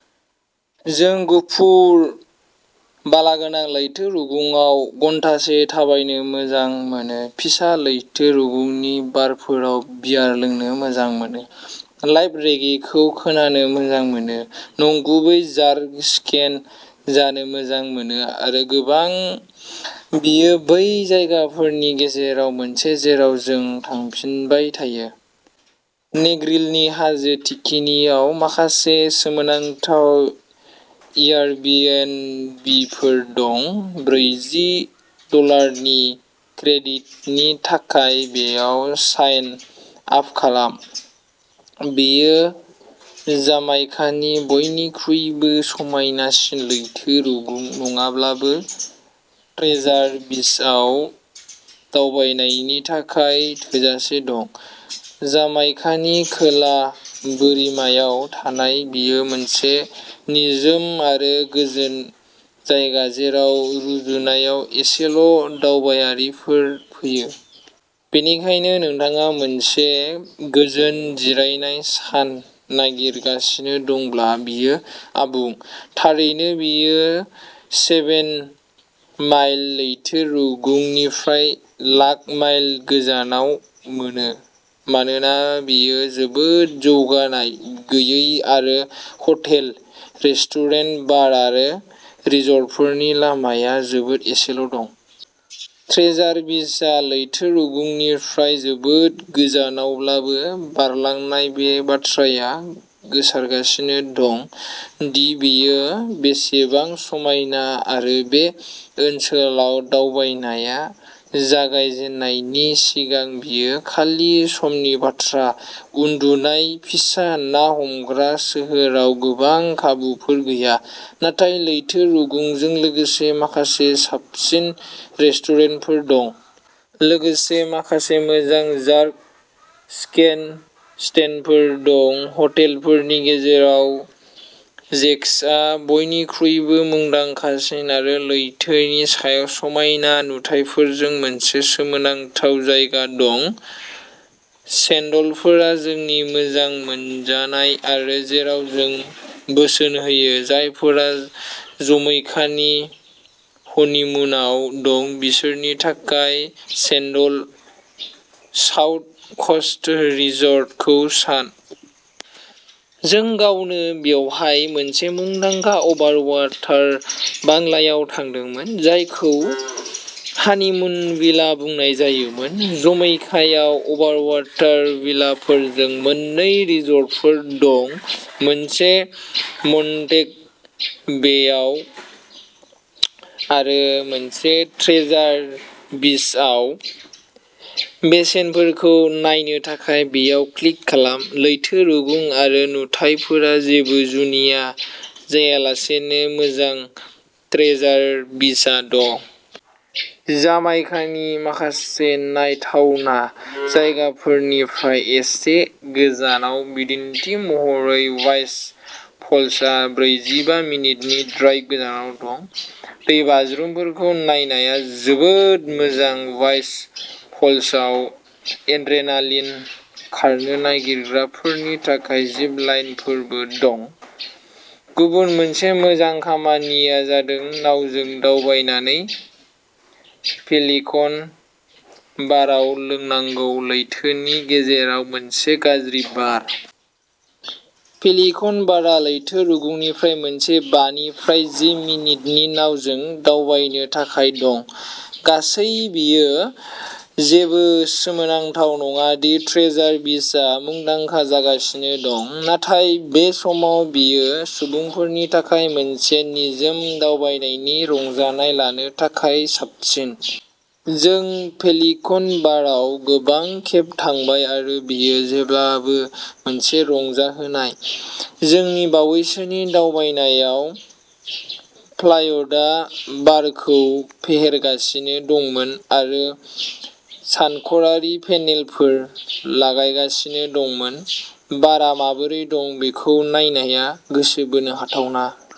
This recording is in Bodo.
जों गुफुर बालागोनां लैथो रुगुंआव घन्टासे थाबायनो मोजां मोनो फिसा लैथो रुगुंनि बारफोराव बियार लोंनो मोजां मोनो। लाइभ रेगेखौ खोनानो मोजां मोनो नंगुबै जार्क चिकेन जानो मोजां मोनो आरो गोबां। बेयो बै जायगाफोरनि गेजेराव मोनसे जेराव जों थांफिनबाय थायो। नेग्रिलनि हाजो थिखिनियाव माखासे सोमोनांथाव एयारबिएनबिफोर दं। ब्रैजि डलारनि क्रेडिटनि थाखाय बेयाव साइन आप खालाम। बेयो जामाइकानि बयनिख्रुइबो समायनासिन लैथो रुगुं नङाब्लाबो ट्रेजार बीचआव दावबायनायनि थाखाय थोजासे दं। जामाइकानि खोला बोरिमायाव थानाय बेयो मोनसे निजोम आरो गोजोन जायगा जेराव रुजुनायाव एसेल' दावबायारिफोर फैयो। बेनिखायनो नोंथाङा मोनसे गोजोन जिरायनाय सान नागिरगासिनो दंब्ला बेयो आबुं। थारैनो, बेयो सेभेन माइल लैथो रुगुंनिफ्राय लाख माइल गोजानाव मोनो। मानोना बेयो जोबोद जौगानाय गैयै आरो हटेल, रेस्टुरेन्ट, बार आरो रिसर्टफोरनि लामाया जोबोद एसेल' दं। ट्रेजार बीचआ लैथो रुगुंनिफ्राय जोबोद गोजानावब्लाबो बारलांनाय बे बाथ्राया गोसारगासिनो दं दि बेयो बेसेबां समायना आरो बे ओनसोलाव दावबायनाया जागाय जेननायनि सिगां बेयो खालि समनि बाथ्रा। उन्दुनाय फिसा ना हमग्रा सोहोराव गोबां खाबुफोर गैया, नाथाय लैथो रुगुंजों लोगोसे माखासे साबसिन रेस्टुरेन्टफोर दं। लोगोसे माखासे मोजां जार्क चिकेन स्टेन्डफोर दं हटेलफोरनि गेजेराव। जेकसआ बयनिख्रुइबो मुंदांखासिन आरो लैथोनि सायाव समायना नुथायफोरजों मोनसे सोमोनांथाव जायगा दं। सेन्डलफोरा जोंनि मोजां मोनजानाय आरो जेराव जों बोसोन होयो। जायफोरा जमैकानि हनिमुनआव दं बिसोरनि थाखाय सेन्डल साउथ क'स्ट रिसर्टखौ सान। जों गावनो बेवहाय मोनसे मुंदांखा अभारवाटार बांलायाव थादोंमोन। जायखौ हानिमुन विला बुंनाय जायोमोन। जमैकायाव अभारवाटार विलाफोरजों मोन्नै रिसर्टफोर दं मोनसे मन्टेगबेआव आरो मोनसे ट्रेजार बीचआव। बेसेनफोरखौ नायनो थाखाय बेयाव क्लिक खालाम। लैथो रुगुं आरो नुथायफोरा जेबो जुनिया जायालासेनो मोजां ट्रेजार बीचआ दं। जामाइकानि माखासे नायथावना जायगाफोरनिफ्राय एसे गोजानाव। बिदिन्थि महरै, वाइएस फल्सआ ब्रैजिबा मिनिटनि ड्राइभ गोजानाव दं। दैबाज्रुमफोरखौ नायनाया जोबोद मोजां वाइस फल्सआव एड्रेनालिन खारनो नागिरग्राफोरनि थाखाय जिप लाइनफोरबो दं। गुबुन मोनसे मोजां खामानिआ जादों नावजों दावबायनानै पेलिकन बारआव लोंनांगौ लैथोनि गेजेराव मोनसे गाज्रि बार। पेलिकन बारआ लैथो रुगुंनिफ्राय मोनसे बा निफ्राय जि मिनिटनि नावजों दावबायनो थाखाय दं। गासै बेयो जेबो सोमोनांथाव नङा दि ट्रेजार बीचआ मुंदांखा जागासिनो दं। नाथाय बे समाव बेयो सुबुंफोरनि थाखाय मोनसे निजोम दावबायनायनि रंजानाय लानो थाखाय साबसिन। जों पेलिकन बारआव गोबां खेब थांबाय आरो बेयो जेब्लाबो मोनसे रंजाहोनाय। जोंनि बावैसोनि दावबायनायाव फ्लायडआ बारखौ फेहेरगासिनो दंमोन आरो सानखरानि पेनेलफोर लागायगासिनो दंमोन। बारआ माबोरै दं बेखौ नायनाया गोसो बोनो हाथावना।